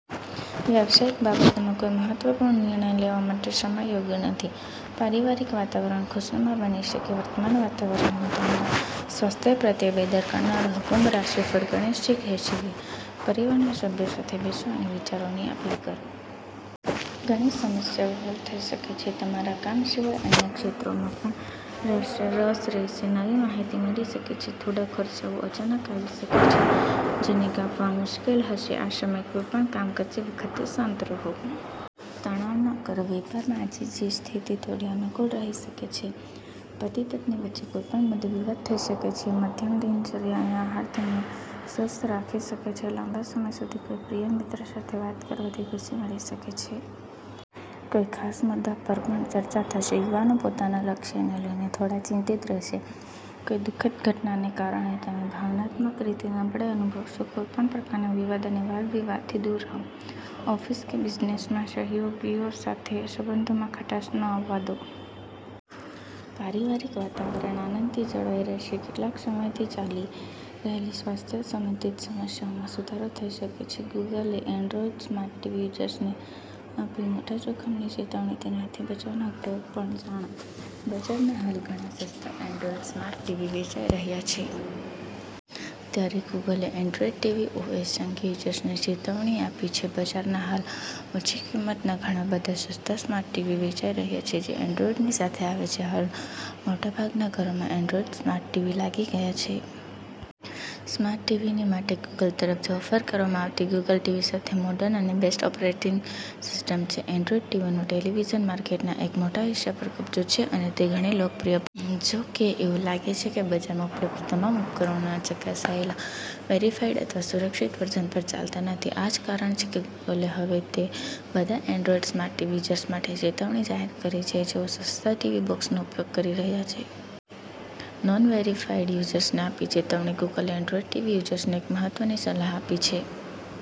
વ્યવસાયિક બાબતોમાં કોઈ મહત્વપૂર્ણ નિર્ણય લેવા માટે સમય યોગ્ય નથી. પારિવારિક વાતાવરણ ખુશનુમા બની શકે છે. વર્તમાન વાતાવરણમાં તમારા સ્વાસ્થ્ય પ્રત્યે બેદરકાર ન રહો. કુંભ રાશિફળ: ગણેશજી કહે છે કે પરિવારના સભ્યો સાથે બેસો અને વિચારોની આપ-લે કરો. ઘણી સમસ્યાઓ હલ થઈ શકે છે. તમારા કામ સિવાય અન્ય ક્ષેત્રોમાં પણ રસ રહેશે. નવી માહિતી મળી શકે છે. થોડા ખર્ચાઓ અચાનક આવી શકે છે, જેને કાપવા મુશ્કેલ હશે. આ સમયે, કોઈપણ કામ કરતી વખતે શાંત રહો. તણાવ ન કરો. વેપારમાં આજે સ્થિતિ થોડી અનુકૂળ રહી શકે છે. પતિ-પત્ની વચ્ચે કોઈ પણ મુદ્દે વિવાદ થઈ શકે છે. મધ્યમ દિનચર્યા અને આહાર તમને સ્વસ્થ રાખી શકે છે. લાંબા સમય પછી કોઈ પ્રિય મિત્ર સાથે વાત કરવાથી ખુશી મળી શકે છે. કોઈ ખાસ મુદ્દા પર પણ ચર્ચા થશે. યુવાનો પોતાના લક્ષ્યને લઈને થોડા ચિંતિત રહેશે. કોઈ દુઃખદ ઘટનાને કારણે તમે ભાવનાત્મક રીતે નબળાઈ અનુભવશો. કોઈપણ પ્રકારના વિવાદ અને વાદ-વિવાદથી દૂર રહો. ઓફિસ કે બિઝનેસમાં સહયોગીઓ સાથે સંબંધોમાં ખટાશ ન આવવા દો. પારિવારિક વાતાવરણ આનંદથી જળવાઈ રહેશે. કેટલાક સમયથી ચાલી રહેલી સ્વાસ્થ્ય સંબંધિત સમસ્યાઓમાં સુધારો થઈ શકે છે. ગૂગલે એન્ડ્રોઇડ સ્માર્ટ ટીવી યુઝર્સને આપી મોટા જોખમની ચેતવણી, તેનાથી બચવાના ઉપાયો પણ જાણો: બજારમાં હાલ ઘણા સસ્તા એન્ડ્રોઇડ સ્માર્ટ ટીવી વેચાઇ રહ્યા છે. ત્યારે ગૂગલે એન્ડ્રોઇડ ટીવી ઓએસ અંગે યુઝર્સને ચેતવણી આપી છે. બજારમાં હાલ ઓછી કિંમતના ઘણા સસ્તા સ્માર્ટ ટીવી વેચાઇ રહ્યા છે જે એન્ડ્રોઇડની સાથે આવે છે. હાલ મોટાભાગના ઘરોમાં એન્ડ્રોઇડ સ્માર્ટ ટીવી લાગી ગયા છે. સ્માર્ટ ટીવીની માટે ગૂગલ તરફથી ઓફર કરવામાં આવતી ગુગલ ટીવી સૌથી મોર્ડન અને બેસ્ટ ઓપરેટિંગ સિસ્ટમ છે. એન્ડ્રોઇડ ટીવીનો ટેલીવીઝન માર્કેટના એક મોટા હિસ્સા પર કબજો છે અને તે ઘણી લોકપ્રિય પણ છે. જો કે એવું લાગે છે કે બજારમાં ઉપલબ્ધ તમામ ઉપકરણોના ચકાસાયેલા વેરિફાઇડ અથવા સુરક્ષિત વર્ઝન પર ચાલતા નથી. આ જ કારણ છે કે ગૂગલે હવે તે બધા એન્ડ્રોઇડ સ્માર્ટ ટીવી યુઝર્સ માટે ચેતવણી જાહેર કરી છે જેઓ સસ્તા ટીવી બોક્સનો ઉપયોગ કરી રહ્યા છે. નોન – વેરિફાઇડ યુઝર્સને આપી ચેતવણી ગૂગલે એન્ડ્રોઇડ ટીવી યુઝર્સને એક મહત્વની સલાહ આપી છે.